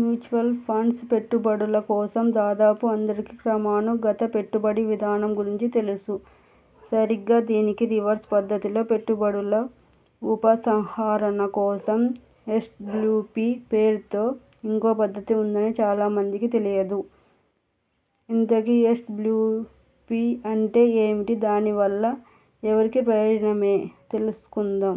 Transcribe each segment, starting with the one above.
Mutual funds పెట్టుబడుల కోసం దాదాపుగా అందరికీ క్రమాను గత పెట్టుబడి విధానం గురించి తెలుసు. సరిగ్గా దీనికి రివర్స్ పద్ధతిలో పెట్టుబడుల ఉపసంహరణ కోసం ఎస్డబ్ల్యుపి పేరుతో ఇంకో పద్ధతి ఉందని చాలా మందికి తెలియదు. ఇంతకీ ఎస్డబ్ల్యుపి అంటే ఏమిటి? దాని వల్ల ఎవరికి ప్రయోజనమో తెలుసుకుందాం.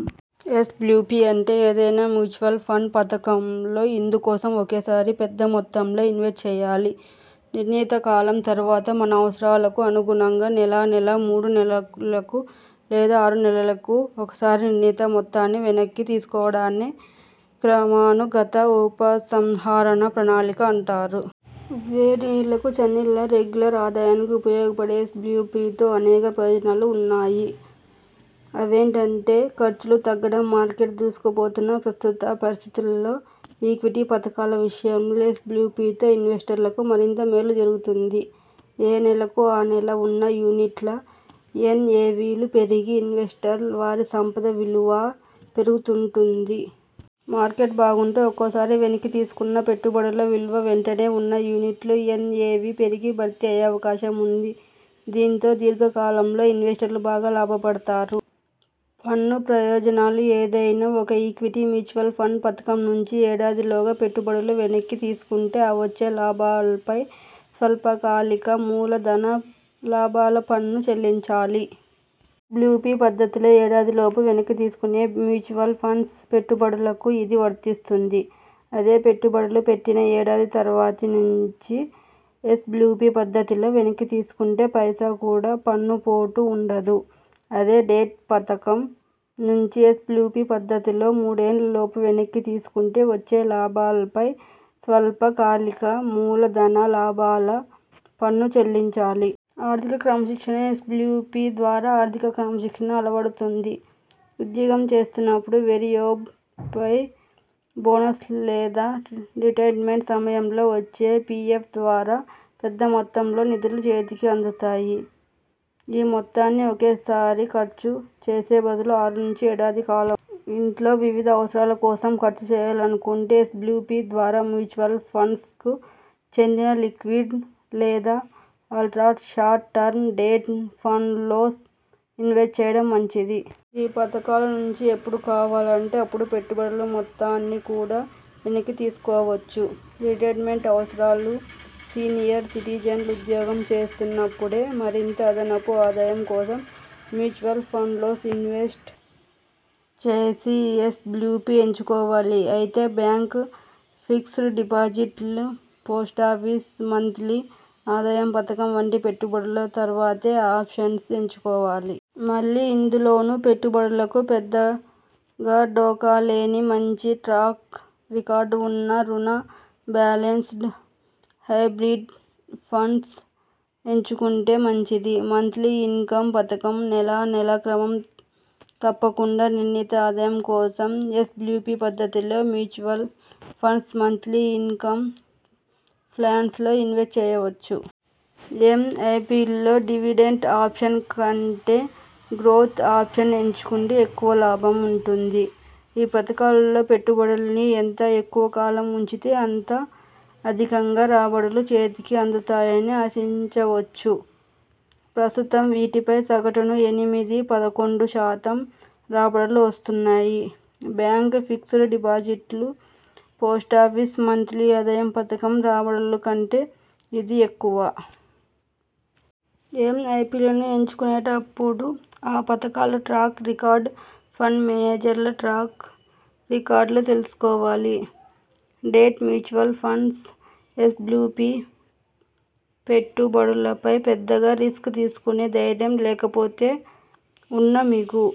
ఎస్డబ్ల్యుపి అంటే? ఏదైనా మ్యూచువల్ ఫండ్ పథకంలో ఇందు కోసం ఒకేసారి పెద్ద మొత్తంలో ఇన్వెస్ట్ చేయాలి. నిర్ణీత కాలం తర్వాత, మన అవసరాలకు అనుగుణంగా నెలనెలా, మూడు నెలలకు లేదా ఆరు నెలలకు ఒకసారి నిర్ణీత మొత్తాన్ని వెనక్కి తీసుకోవడాన్నే క్రమాను గత ఉపసంహరణ ప్రణాళిక అంటారు. వేడి నీళ్లకు చన్నీళ్లలా రెగ్యులర్ ఆదాయానికి ఉపయోగపడే ఎస్డబ్ల్యుపితో అనేక ప్రయోజనాలు ఉన్నాయి. అవేంటంటే ఖర్చులు తగ్గడంమార్కెట్ దూసుకు పోతున్న ప్రస్తుత పరిస్థితుల్లో ఈక్విటీ పథకాల విషయంలో ఎస్డబ్ల్యుపితో ఇన్వెస్టర్లకు మరింత మేలు జరుగుతుంది. ఏ నెలకు ఆ నెల ఉన్న యూనిట్ల ఎన్ఎవిలు పెరిగి, ఇన్వెస్టర్ల వారి సంపద విలువా పెరుగుతుంటుంది. మార్కెట్ బాగుంటే ఒక్కోసారి వెనక్కి తీసుకున్నపెట్టుబడుల విలువ వెంటనే ఉన్న యూనిట్ల ఎన్ఎవి పెరిగి భర్తీ అయ్యే అవకాశం ఉంది. దీంతో దీర్ఘ కాలంలో ఇన్వెస్టర్లు బాగా లాభపడతారు. పన్ను ప్రయోజనాలు ఏదైనా ఒక ఈక్విటీ మ్యూచువల్ ఫండ్ పథకం నుంచి ఏడాదిలోగా పెట్టుబడులు వెనక్కి తీసుకుంటే ఆ వచ్చే లాభాల పై స్వల్పకాలిక మూల ధన లాభాల పన్ను చెల్లించాలి. ఎస్డబ్ల్యుపి పద్ధతిలో ఏడాదిలోపు వెనక్కి తీసుకునే మ్యూచువల్ ఫండ్స్ పెట్టుబడులకూ ఇది వర్తిస్తుంది. అదే పెట్టుబడులు పెట్టిన ఏడాది తర్వాతి నుంచి ఎస్డబ్ల్యుపి పద్ధతిలో వెనక్కి తీసుకుంటే పైసా కూడా పన్నుపోటు ఉండదు. అదే డెట్ పథకం నుంచి ఎస్డబ్ల్యుపి పద్ధతిలో మూడేళ్ల లోపు వెనక్కి తీసుకుంటే వచ్చే లాభాలపై స్వల్ప కాలిక మూల ధన లాభాల పన్ను చెల్లించాలి. ఆర్థిక క్రమశిక్షణ ఎస్డబ్ల్యుపి ద్వారా ఆర్థిక క్రమశిక్షణ అలవడుతుంది. ఉద్యోగం చేస్తున్నపుడు వేరియేబు పే, బోనస్ లేదా రిటైర్మెంట్ సమయంలో వచ్చే పిఎఫ్ ద్వారా పెద్ద మొత్తంలో నిధులు చేతికి అందుతాయి. ఈ మొత్తాన్ని ఒకేసారి ఖర్చు చేసే బదులు ఆరు నుంచి ఏడాది కాలంలో ఇంట్లో వివిధ అవసరాల కోసం ఖర్చు చేయాలనుకుంటే ఎస్డబ్ల్యుపి ద్వారా మ్యూచువల్ ఫండ్స్కు చెందిన లిక్విడ్ లేదా అలా్ట్ర షార్ట్ టర్మ్ డెట్ ఫండ్స్లో ఇన్వెస్ట్ చేయడం మంచిది. ఈ పథకాల నుంచి ఎప్పుడు కావాలంటే అప్పుడు పెట్టుబడుల మొత్తాన్ని కూడా వెనక్కి తీసుకోవచ్చు. రిటైర్మెంట్ అవసరాలు సీనియర్ సిటిజన్లు ఉద్యోగం చేస్తున్నపుడే మరింత అదనపు ఆదాయం కోసం మ్యూచువల్ ఫండ్స్లో ఇన్వెస్ట్ చేసి ఎస్డబ్ల్యుపి ఎంచుకోవాలి. అయితే బ్యాంక్ ఫిక్స్డ్ డిపాజిట్లు, పోస్టాఫీసు మంత్లీ ఆదాయ పథకం వంటి పెట్టుబడుల తర్వాతే ఈ ఆప్షన్ను ఎంచుకోవాలి. మళ్లీ ఇందులోనూ పెట్టు బడులకు పెద్దగా ఢోకాలేని మంచి ట్రాక్ రికార్డు ఉన్న రుణ, బ్యాలెన్స్డ్, హైబ్రిడ్ ఫండ్స్ ఎంచుకుంటే మంచిది. మంత్లీ ఇన్కమ్ పథకాలు నెలనెలా క్రమం తప్పకుండా నిర్ణీత ఆదాయం కోసమూ ఎస్డబ్ల్యుపి పద్ధతిలో మ్యూచువ్ ఫండ్స్ మంత్లీ ఇన్కం ప్లాన్స్ లో ఇన్వెస్ట్ చేయవచ్చు. ఎంఐపిల్లో డివిడెండ్ ఆప్షన్ కంటే గ్రోత్ ఆప్షన్ ఎంచుకుంటే ఎక్కువ లాభం ఉంటుంది. ఈ పథకాల్లో పెట్టుబడుల్ని ఎంత ఎక్కువకాలం ఉంచితే అంత అధికంగా రాబడులు చేతికి అందుతాయని ఆశించవచ్చు. ప్రస్తుతం వీటిపై సగటున ఎనిమిది పదకొండు శాతం రాబడులు వస్తున్నాయి. బ్యాంక్ ఫిక్స్డ్ డిపాజిట్లు, పోస్టాఫీసు మంత్లీ ఆదాయ పథకం రాబడుల కంటే ఇది ఎక్కువ. ఎంఐపిలను ఎంచుకునేటప్పుడు ఆ పథకాల ట్రాక్ రికార్డు, ఫండ్ మేనేజర్ల ట్రాక్ రికార్టులు తెలుసు కోవాలి. డెట్ మ్యూచువల్ ఫండ్స్ ఎస్డబ్ల్యుపి పెట్టు బడులపై పెద్దగా రిస్కు తీసుకునే ధైర్యం లేకపోతే ఉన్న మిగు